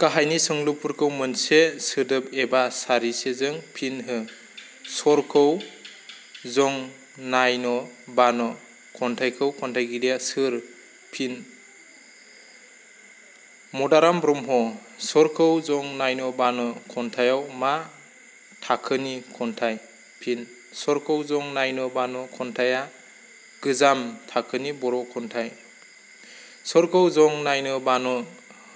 गाहायनि सोंलुफोरखौ मोनसे सोदोब एबा सारिसेजों फिन हो 'छरखौ जं नाइन बान' खन्थाइनि खन्थाइगिरिया सोर? फिनः मदाराम ब्रह्म। 'छरखौ जं नाइन बान' खन्थाइया मा थाखोनि खन्थाइ? फिनः 'छरखौ जं नाइन बान' खन्थाइया गोजाम थाखोनि बर' खन्थाइ। 'छरखौ जं नाइन बान'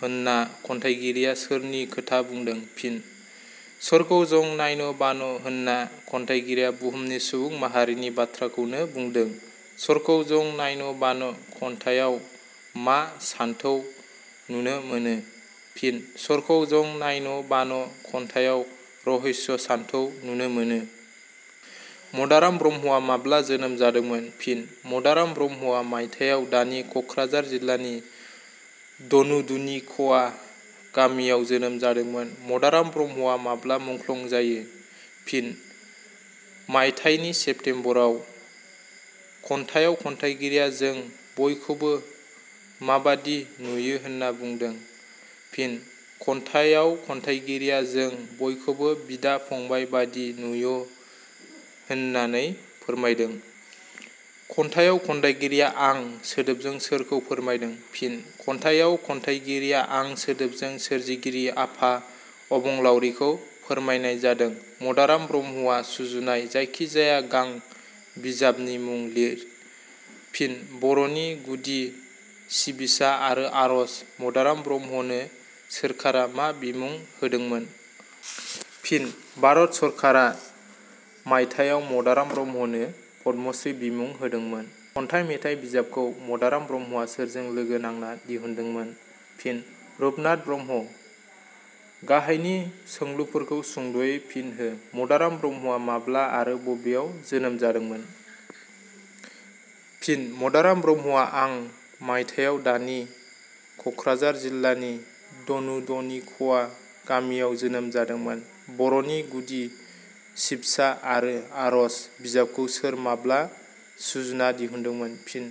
होनना खन्थाइगिरिया सोरनि खोथा बुंदों? फिन: 'छरखौ जं नाइन बान' होनना खन्थाइगिरिया बुहुमनि सुबुं माहारिनि बाथ्राखौनो बुंदों। 'छरखौ जं नाइन बान' खन्थाइयाव मा सानथौ नुनो मोनो? फिनः' छरखौ जं नाइन बान' खन्थाइयाव रहस्य सानथौ नुनो मोनो। मदाराम ब्रह्मआ माब्ला जोनोम जादोंमोन? फिनः मदाराम ब्रह्मआ मायथाइयाव दानि कक्राझार जिलानि धनुधुनिखया गामियाव जोनोम जादोंमोन। मदाराम ब्रह्मआ माब्ला मुख्लं जायो? फिनः मायथाइनि सेप्तेम्बराव। खन्थाइयाव खन्थाइगिरिया जों बयखौबो माबादि नुयो होनना बुंदों? फिनः खन्थाइयाव खन्थाइगिरिया जों बयखौबो बिदा- फंबाइ बादि नुयो होननानै फोरमायदों। खन्थाइयाव खन्थाइगिरिया 'आं' सोदोबजों सोरखौ फोरमायदों? फिनः खन्थाइयाव खन्थाइगिरिया 'आं' सोदोबजों सोरजिगिरि आफा अबंलावरिखौ फोरमायनाय जादों। मदाराम ब्रह्मआ सुजुनाय जायखि जाया गां बिजाबनि मुं लिर। फिनः बर 'नि गुदि सिबिसा आरो आरज। मदाराम ब्रह्मनो सोरखारा मा बिमुं होदोंमोन? फिनः भारत सरकारा मायथाइयाव मदाराम ब्रह्मनो 'पद्मसि' बिमुं होदोंमोन। खन्थाइ मेथाइ बिजाबखौ मदाराम ब्रह्मआ सोरजों लोगो नांना दिहुनदोंमोन? फिनः रुपनाथ ब्रह्म गाहायनि सोंलुफोरखौ सुंदयै फिन हो मदाराम ब्रह्मआ माब्ला आरो बबेयाव जोनोम जादोंमोन? फिनः मदाराम ब्रह्मआ आं मायथाइयाव दानि कक्राझार जिलानि धनुधुनिखया गामियाव जोनोम जादोंमोन। "बर 'नि गुदि सिबसा आरो आरज" बिजाबखौ सोर माब्ला सुजुना दिहुनदोंमोन? फिनः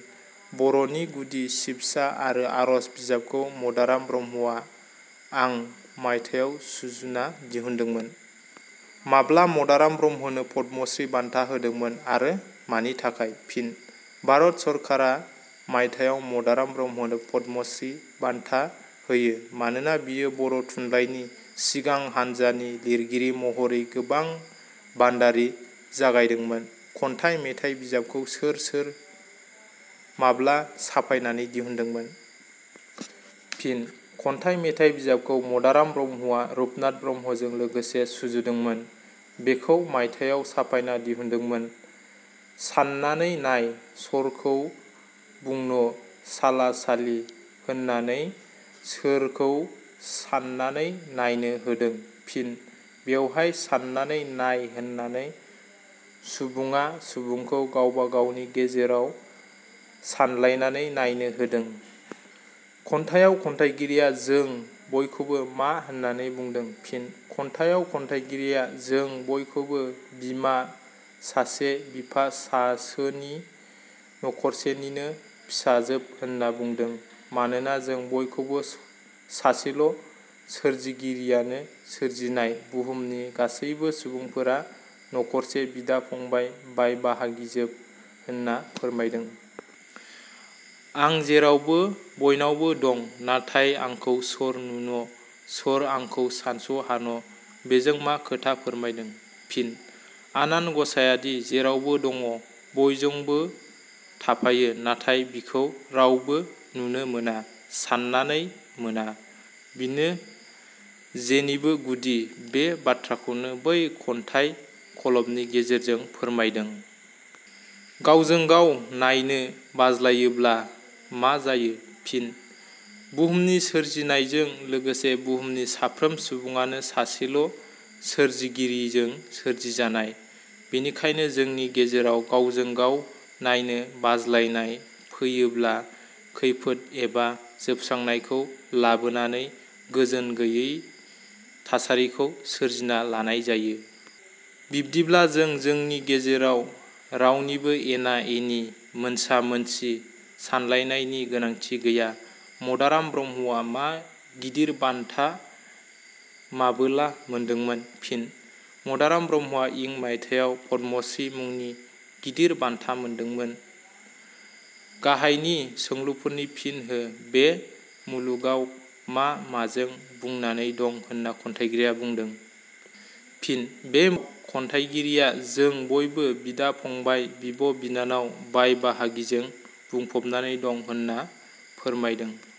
'बर 'नि गुदि सिबसा आरो आरज' बिजाबखौ मदाराम ब्रह्मआ आं मायथाइयाव सुजुना दिहुनदोंमोन। माब्ला मदाराम ब्रह्मनो पद्मस्रि बान्था होदोंमोन आरो मानि थाखाय? फिनः भारत सरकारा मायथाइयाव मदाराम ब्रह्मनो 'पद्मस्रि' बान्था होयो। मानोना बियो बर' थुनलाइनि सिगां हान्जानि लिरगिरि महरै गोबां भान्दारि जागायदोंमोन। 'खन्थाइ-मेथाइ' बिजाबखौ सोर सोर, माब्ला साफायनानै दिहुनदोंमोन? फिनः 'खन्थाइ-मेथाइ' बिजाबखौ मदाराम ब्रह्मआ रुपनाथ ब्रह्मजों लोगोसे सुजुदोंमोन। बेखौ मायथाइयाव साफायना दिहुनदोंमोन। 'साननानै नाय सरखौ बुंन साला सालि' होननानै सोरखौ साननानै नायनो होदों? फिनः बेवहाय 'साननानै नाय' होननानै सुबुङा सुबुंखौ गावबा-गावनि गेजेराव सानलायनानै नायनो होदों। खन्थाइयाव खन्थाइगिरिया जों बयखौबो मा होननानै बुंदों? फिनः खन्थाइयाव खन्थाइगिरिया जों बयखौबो बिमा सासे बिफा सासोनि नखरसेनिनो फिसाजोब होनना बुंदों। मानोना जों बयखौबो सासेल' सोरजिगिरियानो सोरजिनाय बुहुमनि गासैबो सुबुंफोरा नखरसे बिदा- फंबाइ, बाय-बाहागिजोब होनना फोरमायदों। "आं जेरावबहो बइनावब' दं, नाथाय आंखौ सर नुन सर आंखौ सानस हान? " बेजों मा खोथा फोरमायदों। फिनः आनान गसाइयादि जेरावबो दङ', बयजोंबो थाफायो नाथाय बिखौ रावबो नुनो मोना, साननानै मोना। बिनो जेनिबो गुदि, बे बाथ्राखौनो बै खन्थाइ खलबनि गेजेरजों फोरमायदों। गावजों गाव नायनो बाज्लायोब्ला मा जायो? फिनः बुहुमनि सोरजिनायजों लोगोसे बुहुमनि साफ्रोम सुबुङानो सासेल' सोरजिगिरिजों सोरजिजानाय। बेनिखायनो जोंनि गेजेराव गावजों गाव नायनो बाज्लायनाय फैयोब्ला खैफोद एबा जोबस्रांलांनायखौ लाबोनानै गोजोन गैयै थासारिखौ सोरजिना लानाय जायो। बिब्दिब्ला जों जोंनि गेजेराव रावनिबो एना- एनि मोनसा-मोनसि सानलायनायनि गोनांथि गैया। मदाराम ब्रह्मआ मा गिदिर बान्था माबोला मोनदोंमोन? फिनः मदाराम ब्रह्मआ इं माइथायाव पद्मस्रि मुनि गिदिर बान्धा मोन्दोंमोन। गाहायनि सोंलुफोरनि फिन हो बे मुलुगाव मा माजों बुंनानै दं होनना खन्थाइगिरिया बुंदों? फिनः बे खन्थाइगिरिया जों बयबो बिदा- फंबाइ, बिब'-बिनानाव, बाय-बाहागिजों बुंफबनानै दं होनना फोरमायदों।